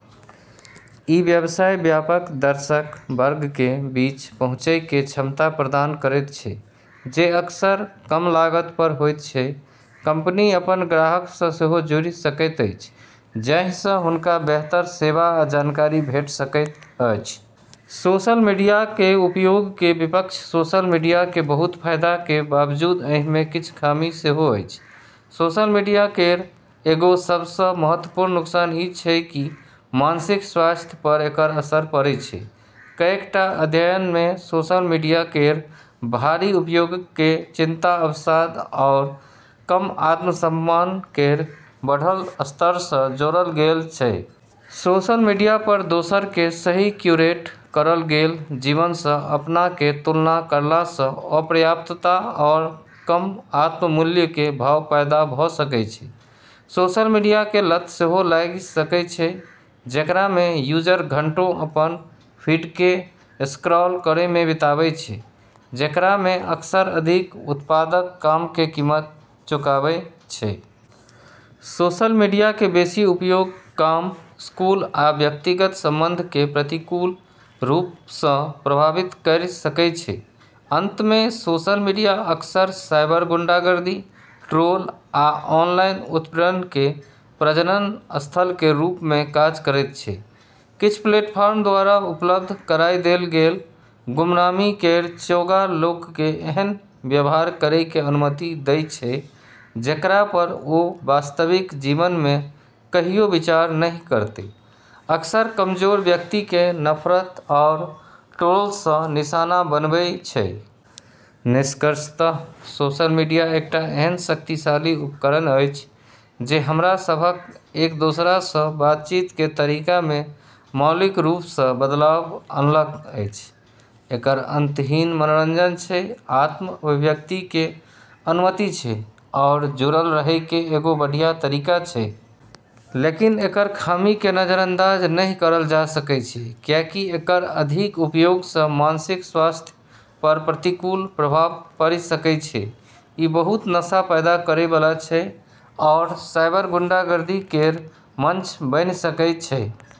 ई व्यवसायके व्यापक दर्शक वर्गके बीच पहुँचैके क्षमता प्रदान करैत छै, जे अक्सर कम लागत पर होइत छै। कंपनी अपन ग्राहकसँ सेहो जुड़ि सकैत अछि, जाहिसँ हुनका बेहतर सेवा आ जानकारी भेट सकैत अछि। सोशल मीडियाके उपयोगके विपक्ष सोशल मीडियाके बहुत फाइदाके बावजूद एहिमे किछ खामी सेहो अछि। सोशल मीडिया केर एगो सबसँ महत्वपूर्ण नुकसान ई छै कि मानसिक स्वास्थ्य पर एकर असर पड़ै छै। कएक टा अध्ययनमे सोशल मीडिया केर भारी उपयोगके चिंता, अवसाद, आओर कम आत्मसम्मान केर बढ़ल स्तरसँ जोड़ल गेल छै। सोशल मीडिया पर दोसरके सही क्यूरेट करल गेल जीवनसँ अपनाके तुलना करलासँ अपर्याप्तता आओर कम आत्म-मूल्यके भाव पैदा भ' सकै छै। सोशल मीडियाके लत सेहो लागि सकै छै, जेकरामे यूजर घंटों अपन फीडके स्क्रॉल करैमे बिताबै छै, जेकरामे अक्सर अधिक उत्पादक कामके कीमत चुकाबै छै। सोशल मीडियाके बेशी उपयोग काम, स्कूल, आ व्यक्तिगत संबंधके प्रतिकूल रूपसँ प्रभावित करि सकै छै। अंतमे, सोशल मीडिया अक्सर साइबर गुंडागर्दी, ट्रोल, आ ऑनलाइन उत्पीड़नके प्रजनन स्थलके रूपमे काज करैत छै। किछ प्लेटफार्म द्वारा उपलब्ध कराय देल गेल गुमनामी केर चोगा लोकके एहन व्यवहार करैके अनुमति दै छै जेकरा पर ओ वास्तविक जीवनमे कहियो विचार नहि करतै, अक्सर कमजोर व्यक्तिके नफरत आओर ट्रोलसँ निशाना बनबै छै। निष्कर्षतः सोशल मीडिया एकटा एहन शक्तिशाली उपकरण अछि जे हमरा सभक एक दोसरासँ बातचीतके तरीकामे मौलिक रूपसँ बदलाव अनलक अछि। एकर अंतहीन मनोरंजन छै, आत्म-अभिव्यक्तिके अनुमति छै, आओर जुड़ल रहैके एगो बढ़िया तरीका छै। लेकिन एकर खामीके नजरअंदाज नहि करल जा सकै छै, किएकि एकर अधिक उपयोगसँ मानसिक स्वास्थ्य पर प्रतिकूल प्रभाव पड़ि सकै छै, ई बहुत नशा पैदा करैबला छै, आओर साइबर गुंडागर्दी केर मंच बनि सकै छै।